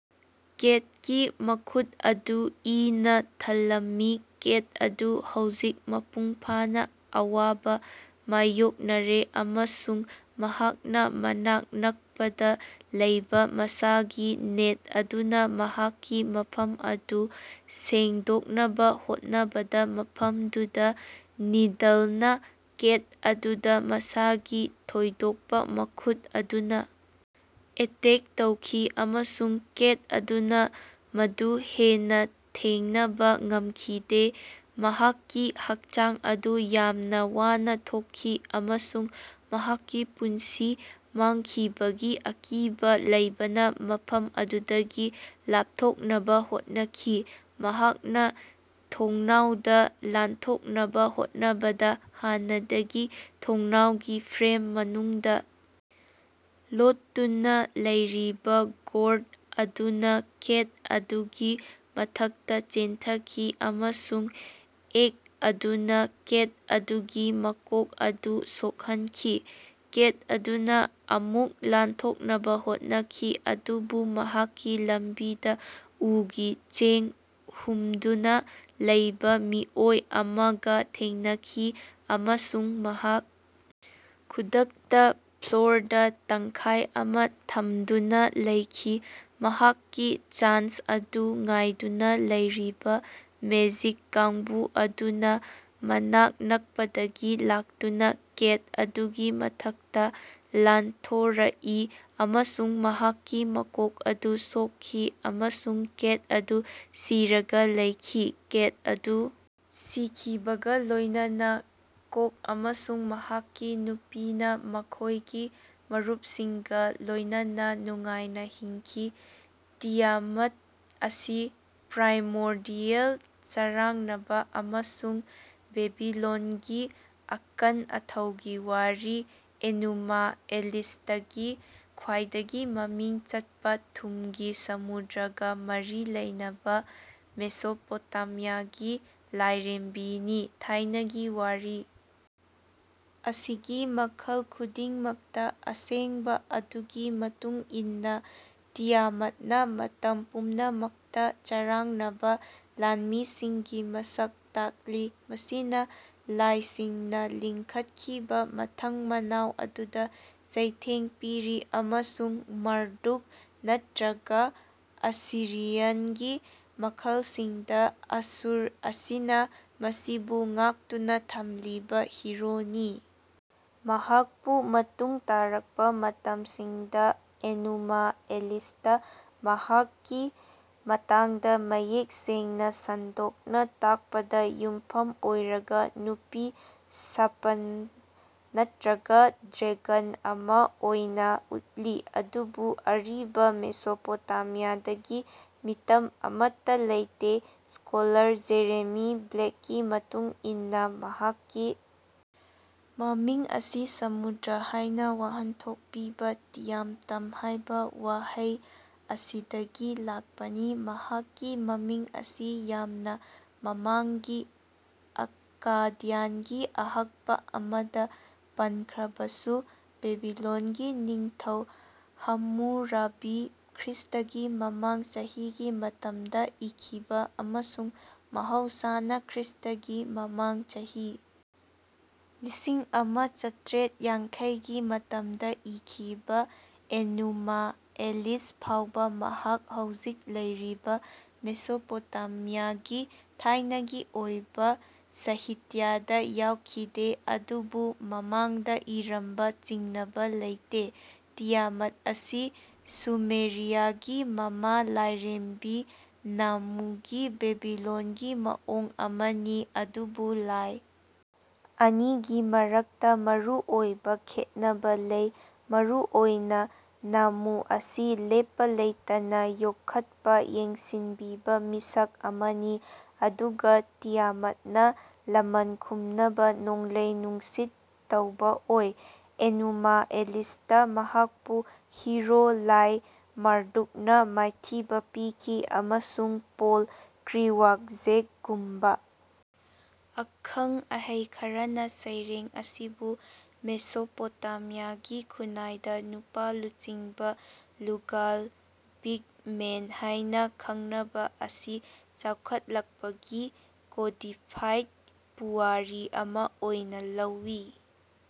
ꯀꯦꯠꯀꯤ ꯃꯈꯨꯠ ꯑꯗꯨ ꯏꯅꯥ ꯊꯜꯂꯝꯃꯤ꯫ ꯀꯦꯠ ꯑꯗꯨ ꯍꯧꯖꯤꯛ ꯃꯄꯨꯡ ꯐꯥꯅꯥ ꯑꯋꯥꯕꯥ ꯃꯥꯌꯣꯛꯅꯔꯦ ꯑꯃꯁꯨꯡ ꯃꯍꯥꯛꯅꯥ ꯃꯅꯥꯛ ꯅꯛꯄꯗꯥ ꯂꯩꯕꯥ ꯃꯁꯥꯒꯤ ꯅꯦꯠ ꯑꯗꯨꯅꯥ ꯃꯍꯥꯛꯀꯤ ꯃꯐꯝ ꯑꯗꯨ ꯁꯦꯡꯗꯣꯛꯅꯕꯥ ꯍꯣꯠꯅꯕꯗꯥ ꯃꯐꯝꯗꯨꯗꯥ ꯅꯤꯗꯜꯅꯥ ꯀꯦꯠ ꯑꯗꯨꯗꯥ ꯃꯁꯥꯒꯤ ꯊꯣꯏꯗꯣꯛꯄꯥ ꯃꯈꯨꯠ ꯑꯗꯨꯅꯥ ꯑꯦꯇꯦꯛ ꯇꯧꯈꯤ ꯑꯃꯁꯨꯡ ꯀꯦꯠ ꯑꯗꯨꯅꯥ ꯃꯗꯨ ꯍꯦꯟꯅꯥ ꯊꯦꯡꯅꯕꯥ ꯉꯝꯈꯤꯗꯦ꯫ ꯃꯍꯥꯛꯀꯤ ꯍꯛꯆꯥꯡ ꯑꯗꯨ ꯌꯥꯝꯅꯥ ꯋꯥꯅꯥ ꯊꯣꯛꯈꯤ ꯑꯃꯁꯨꯡ ꯃꯍꯥꯛꯀꯤ ꯄꯨꯟꯁꯤ ꯃꯥꯡꯈꯤꯕꯒꯤ ꯑꯀꯤꯕꯥ ꯂꯩꯕꯅꯥ ꯃꯐꯝ ꯑꯗꯨꯗꯒꯤ ꯂꯥꯞꯊꯣꯛꯅꯕꯥ ꯍꯣꯠꯅꯈꯤ꯫ ꯃꯍꯥꯛꯅꯥ ꯊꯣꯡꯅꯥꯎꯗꯨ ꯂꯥꯟꯊꯣꯛꯅꯕꯥ ꯍꯣꯠꯅꯕꯗꯥ ꯍꯥꯟꯅꯗꯒꯤ ꯊꯣꯡꯅꯥꯎꯒꯤ ꯐ꯭ꯔꯦꯝ ꯃꯅꯨꯡꯗꯥ ꯂꯣꯠꯇꯨꯅꯥ ꯂꯩꯔꯤꯕꯥ ꯒꯣꯔꯗ ꯑꯗꯨꯅꯥ ꯀꯦꯠ ꯑꯗꯨꯒꯤ ꯃꯊꯛꯇꯥ ꯆꯦꯟꯊꯈꯤ ꯑꯃꯁꯨꯡ ꯑꯦꯛ ꯑꯗꯨꯅꯥ ꯀꯦꯠ ꯑꯗꯨꯒꯤ ꯃꯀꯣꯛ ꯑꯗꯨ ꯁꯣꯛꯍꯟꯈꯤ꯫ ꯀꯦꯠ ꯑꯗꯨꯅꯥ ꯑꯃꯨꯛ ꯂꯥꯟꯊꯣꯛꯅꯕꯥ ꯍꯣꯠꯅꯈꯤ ꯑꯗꯨꯕꯨ ꯃꯍꯥꯛꯀꯤ ꯂꯝꯕꯤꯗꯥ ꯎꯒꯤ ꯆꯦꯡ ꯍꯨꯝꯗꯨꯅꯥ ꯂꯩꯕꯥ ꯃꯤꯑꯣꯏ ꯑꯃꯒꯥ ꯊꯦꯡꯅꯈꯤ ꯑꯃꯁꯨꯡ ꯃꯍꯥꯛ ꯈꯨꯗꯛꯇꯥ ꯐ꯭ꯂꯣꯔꯗꯥ ꯇꯪꯈꯥꯏ ꯑꯃꯥ ꯊꯝꯗꯨꯅꯥ ꯂꯩꯈꯤ꯫ ꯃꯍꯥꯛꯀꯤ ꯆꯥꯟꯁ ꯑꯗꯨ ꯉꯥꯏꯗꯨꯅꯥ ꯂꯩꯔꯤꯕꯥ ꯃꯦꯖꯤꯛ ꯀꯥꯡꯕꯨ ꯑꯗꯨꯅꯥ ꯃꯅꯥꯛ ꯅꯛꯄꯗꯒꯤ ꯂꯥꯛꯇꯨꯅꯥ ꯀꯦꯠ ꯑꯗꯨꯒꯤ ꯃꯊꯛꯇꯥ ꯂꯥꯟꯊꯣꯔꯛꯏ ꯑꯃꯁꯨꯡ ꯃꯍꯥꯛꯀꯤ ꯃꯀꯣꯛ ꯑꯗꯨ ꯁꯣꯛꯈꯤ ꯑꯃꯁꯨꯡ ꯀꯦꯠ ꯑꯗꯨ ꯁꯤꯔꯒꯥ ꯂꯩꯈꯤ꯫ ꯀꯦꯠ ꯑꯗꯨ ꯁꯤꯈꯤꯕꯒꯥ ꯂꯣꯏꯅꯅꯥ ꯀꯣꯛ ꯑꯃꯁꯨꯡ ꯃꯍꯥꯛꯀꯤ ꯅꯨꯄꯤꯅꯥ ꯃꯈꯣꯏꯒꯤ ꯃꯔꯨꯞꯁꯤꯡꯒꯥ ꯂꯣꯏꯅꯅꯥ ꯅꯨꯡꯉꯥꯏꯅꯥ ꯍꯤꯡꯈꯤ꯫ ꯇꯤꯌꯥꯃꯠ ꯑꯁꯤ ꯄ꯭ꯔꯥꯏꯃꯣꯔꯗꯤꯌꯦꯜ ꯆꯔꯥꯡꯅꯕ ꯑꯃꯁꯨꯡ ꯕꯦꯕꯤꯂꯣꯟꯒꯤ ꯑꯀꯟ ꯑꯊꯧꯒꯤ ꯋꯥꯔꯤ ꯑꯦꯅꯨꯃꯥ ꯑꯦꯂꯤꯁꯇꯒꯤ ꯈ꯭ꯋꯥꯏꯗꯒꯤ ꯃꯃꯤꯡ ꯆꯠꯄ ꯊꯨꯝꯒꯤ ꯁꯃꯨꯗ꯭ꯔꯒ ꯃꯔꯤ ꯂꯩꯅꯕ ꯃꯦꯁꯣꯄꯣꯇꯦꯃꯤꯌꯥꯒꯤ ꯂꯥꯏꯔꯦꯝꯕꯤꯅꯤ꯫ ꯊꯥꯏꯅꯒꯤ ꯋꯥꯔꯤ ꯑꯁꯤꯒꯤ ꯃꯈꯜ ꯈꯨꯗꯤꯡꯃꯛꯇ ꯑꯁꯦꯡꯕ ꯑꯗꯨꯒꯤ ꯃꯇꯨꯡ ꯏꯟꯅ ꯇꯤꯌꯥꯃꯠꯅ ꯃꯇꯝ ꯄꯨꯝꯅꯃꯛꯇ ꯆꯔꯥꯡꯅꯕ ꯂꯥꯟꯃꯤꯁꯤꯡꯒꯤ ꯃꯁꯛ ꯇꯥꯛꯂꯤ ꯃꯁꯤꯅ ꯂꯥꯏꯁꯤꯡꯅ ꯂꯤꯡꯈꯠꯈꯤꯕ ꯃꯊꯪ ꯃꯅꯥꯎ ꯑꯗꯨꯗ ꯆꯩꯊꯦꯡ ꯄꯤꯔꯤ ꯑꯃꯁꯨꯡ ꯃꯥꯔꯗꯨꯛ ꯅꯠꯇ꯭ꯔꯒ ꯑꯁꯤꯔꯤꯌꯥꯒꯤ ꯃꯈꯜꯁꯤꯡꯗ ꯑꯁꯨꯔ ꯑꯁꯤꯅ ꯃꯁꯤꯕꯨ ꯉꯥꯛꯇꯨꯅ ꯊꯝꯂꯤꯕ ꯍꯤꯔꯣꯅꯤ꯫ ꯃꯍꯥꯛꯄꯨ ꯃꯇꯨꯡ ꯇꯥꯔꯛꯄ ꯃꯇꯝꯁꯤꯡꯗ ꯑꯦꯅꯨꯃꯥ ꯑꯦꯂꯤꯁꯇ ꯃꯍꯥꯛꯀꯤ ꯃꯇꯥꯡꯗ ꯃꯌꯦꯛ ꯁꯦꯡꯅ ꯁꯟꯗꯣꯛꯅ ꯇꯥꯛꯄꯗ ꯌꯨꯝꯐꯝ ꯑꯣꯏꯔꯒ ꯅꯨꯄꯤ ꯁꯥꯄꯟ ꯅꯠꯇ꯭ꯔꯒ ꯗ꯭ꯔꯦꯒꯟ ꯑꯃ ꯑꯣꯏꯅ ꯎꯠꯂꯤ ꯑꯗꯨꯕꯨ ꯑꯔꯤꯕ ꯃꯦꯁꯣꯄꯣꯇꯦꯃꯤꯌꯥꯗꯒꯤ ꯃꯤꯇꯝ ꯑꯃꯠꯇ ꯂꯩꯇꯦ꯫ ꯁ꯭ꯀꯣꯂꯔ ꯖꯦꯔꯦꯃꯤ ꯕ꯭ꯂꯦꯛꯀꯤ ꯃꯇꯨꯡ ꯏꯟꯅ ꯃꯍꯥꯛꯀꯤ ꯃꯃꯤꯡ ꯑꯁꯤ ꯁꯃꯨꯗ꯭ꯔ ꯍꯥꯏꯅ ꯋꯥꯍꯟꯊꯣꯛ ꯄꯤꯕ ꯇꯤꯌꯥꯝꯇꯝ ꯍꯥꯏꯕ ꯋꯥꯍꯩ ꯑꯁꯤꯗꯒꯤ ꯂꯥꯛꯄꯅꯤ꯫ ꯃꯍꯥꯛꯀꯤ ꯃꯃꯤꯡ ꯑꯁꯤ ꯌꯥꯝꯅ ꯃꯃꯥꯡꯒꯤ ꯑꯛꯀꯥꯗꯤꯌꯟꯒꯤ ꯑꯍꯛꯄ ꯑꯃꯗ ꯄꯟꯈ꯭ꯔꯕꯁꯨ, ꯕꯦꯕꯤꯂꯣꯟꯒꯤ ꯅꯤꯡꯊꯧ ꯍꯝꯃꯨꯔꯥꯕꯤ ꯈ꯭ꯔꯤꯁ꯭ꯇꯒꯤ ꯃꯃꯥꯡ ꯆꯍꯤꯒꯤ ꯃꯇꯝꯗ ꯏꯈꯤꯕ ꯑꯃꯁꯨꯡ ꯃꯍꯧꯁꯥꯅ ꯈ꯭ꯔꯤꯁ꯭ꯇꯒꯤ ꯃꯃꯥꯡ ꯆꯍꯤ ꯂꯤꯁꯤꯡ ꯑꯃ ꯆꯥꯇ꯭ꯔꯦꯠ ꯌꯥꯡꯈꯩꯒꯤ ꯃꯇꯝꯗ ꯏꯈꯤꯕ ꯑꯦꯅꯨꯃꯥ ꯑꯦꯂꯤꯁ ꯐꯥꯎꯕ ꯃꯍꯥꯛ ꯍꯧꯖꯤꯛ ꯂꯩꯔꯤꯕ ꯃꯦꯁꯣꯄꯣꯇꯦꯃꯤꯌꯥꯒꯤ ꯊꯥꯏꯅꯒꯤ ꯑꯣꯏꯕ ꯁꯥꯍꯤꯇ꯭ꯌꯗ ꯌꯥꯎꯈꯤꯗꯦ ꯑꯗꯨꯕꯨ ꯃꯃꯥꯡꯗ ꯏꯔꯝꯕ ꯆꯤꯡꯅꯕ ꯂꯩꯇꯦ꯫ ꯇꯤꯌꯥꯃꯠ ꯑꯁꯤ ꯁꯨꯃꯦꯔꯤꯌꯥꯒꯤ ꯃꯃꯥ ꯂꯥꯏꯔꯦꯝꯕꯤ ꯅꯥꯝꯃꯨꯒꯤ ꯕꯦꯕꯤꯂꯣꯟꯒꯤ ꯃꯑꯣꯡ ꯑꯃꯅꯤ ꯑꯗꯨꯕꯨ ꯂꯥꯏ ꯑꯅꯤꯒꯤ ꯃꯔꯛꯇ ꯃꯔꯨꯑꯣꯏꯕ ꯈꯦꯠꯅꯕ ꯂꯩ ꯃꯔꯨꯑꯣꯏꯅ ꯅꯝꯃꯨ ꯑꯁꯤ ꯂꯦꯞꯄ ꯂꯩꯇꯅ ꯌꯣꯛꯈꯠꯄ ꯌꯦꯡꯁꯤꯟꯕꯤꯕ ꯃꯤꯁꯛ ꯑꯃꯅꯤ ꯑꯗꯨꯒ ꯇꯤꯌꯥꯃꯠꯅ ꯂꯃꯟ ꯈꯨꯝꯅꯕ ꯅꯣꯡꯂꯩ ꯅꯨꯡꯁꯤꯠ ꯇꯧꯕ ꯑꯣꯏ꯫ ꯑꯦꯅꯨꯃꯥ ꯑꯦꯂꯤꯁꯇ ꯃꯍꯥꯛꯄꯨ ꯍꯤꯔꯣ ꯂꯥꯏ ꯃꯥꯔꯗꯨꯛꯅ ꯃꯥꯏꯊꯤꯕ ꯄꯤꯈꯤ ꯑꯃꯁꯨꯡ ꯄꯣꯜ ꯀ꯭ꯔꯤꯋꯥꯛꯖꯦꯛꯒꯨꯝꯕ ꯑꯈꯪ ꯑꯍꯩ ꯈꯔꯅ ꯁꯩꯔꯦꯡ ꯑꯁꯤꯕꯨ ꯃꯦꯁꯣꯄꯣꯇꯦꯃꯤꯌꯥꯒꯤ ꯈꯨꯟꯅꯥꯏꯗ ꯅꯨꯄꯥ ꯂꯨꯆꯤꯡꯕ ꯂꯨꯒꯥꯜ ꯕꯤꯒ ꯃꯦꯟ ꯍꯥꯏꯅ ꯈꯪꯅꯕ ꯑꯁꯤ ꯆꯥꯎꯈꯠꯂꯛꯄꯒꯤ ꯀꯣꯗꯤꯐꯥꯏꯗ ꯄꯨꯋꯥꯔꯤ ꯑꯃ ꯑꯣꯏꯅ ꯂꯧꯋꯤ꯫